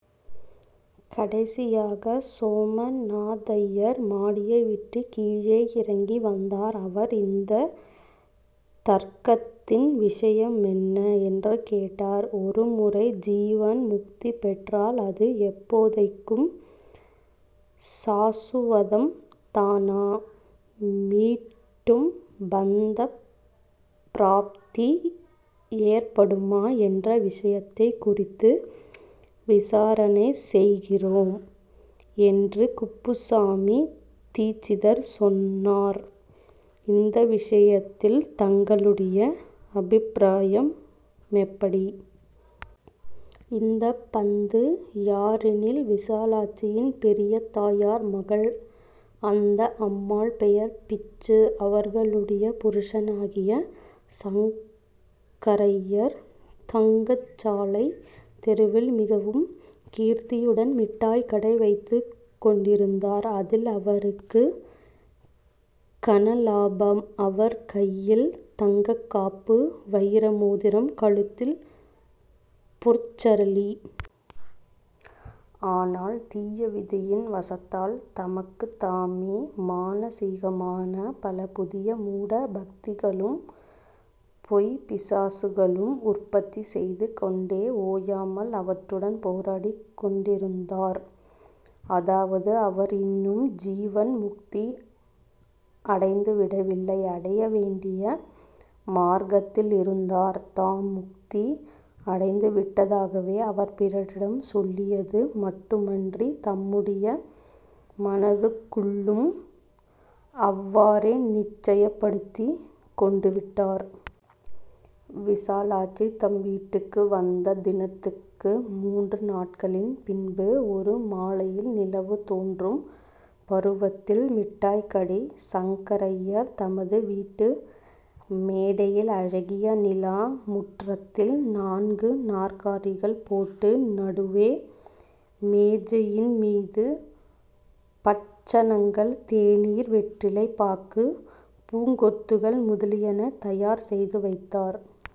கடைசியாக சோமநாதய்யர் மாடியை விட்டுக் கீழேயிறங்கி வந்தார் அவர் இந்த தர்க்கத்தின் விஷயமென்ன? என்று கேட்டார் ஒருமுறை ஜீவன் முக்தி பெற்றால் அது எப்போதைக்கும் சாசுவதம்தானா? மீட்டும் பந்தப் ப்ராப்தி ஏற்படுமா என்ற விஷயத்தைக் குறித்து விசாரணை செய்கிறோம் என்று குப்புசாமி தீட்சிதர் சொன்னார். இந்த விஷயத்தில் தங்களுடைய அபிப்ராயமெப்படி? இந்த பந்து யாரெனில் விசாலாட்சியின் பெரிய தாயார் மகள். அந்த அம்மாள் பெயர் பிச்சு. அவளுடைய புருஷனாகிய சங்கரய்யர் தங்கசாலைத் தெருவில் மிகவும் கீர்த்தியுடன் மிட்டாய்க் கடை வைத்துக் கொண்டிருந்தார். அதில் அவருக்குக் கன லாபம். அவர் கையில் தங்கக் காப்பு; வயிர மோதிரங்கள்; கழுத்தில் பொற்சரளி. ஆனால், தீய விதியின் வசத்தால் தமக்குத் தாமே மானசீகமான பல புதிய மூட பக்திகளும் பொய்ப் பிசாசுகளும் உற்பத்தி செய்து கொண்டு ஓயாமல் அவற்றுடன் போராடிக் கொண்டிருந்தார். அதாவது அவர் இன்னும் ஜீவன் முக்தி அடைந்துவிடவில்லை. அடைய வேண்டிய மார்க்கத்திலிருந்தார். தாம் முக்தி அடைந்துவிட்டதாகவே அவர் பிறரிடம் சொல்லியது மட்டுமன்றித் தம்முடைய மனத்துக்குள்ளும் அவ்வாறே நிச்சயப்படுத்திக் கொண்டுவிட்டார். விசாலாட்சி தம் வீட்டுக்கு வந்த தினத்திற்கு மூன்று நாட்களின் பின்பு ஒரு மாலையில் நிலவு தோன்றும் பருவத்தில் மிட்டாய்கடை சங்கரய்யர் தமது வீட்டு மேடையில் அழகிய நிலா முற்றத்தில் நான்கு நாற்காலிகள் போட்டு நடுவே மேஜையின் மீது பட்சணங்கள் தேநீர் வெற்றிலை பாக்கு பூங்கொத்துக்கள் முதலியன தயார் செய்து வைத்தார்.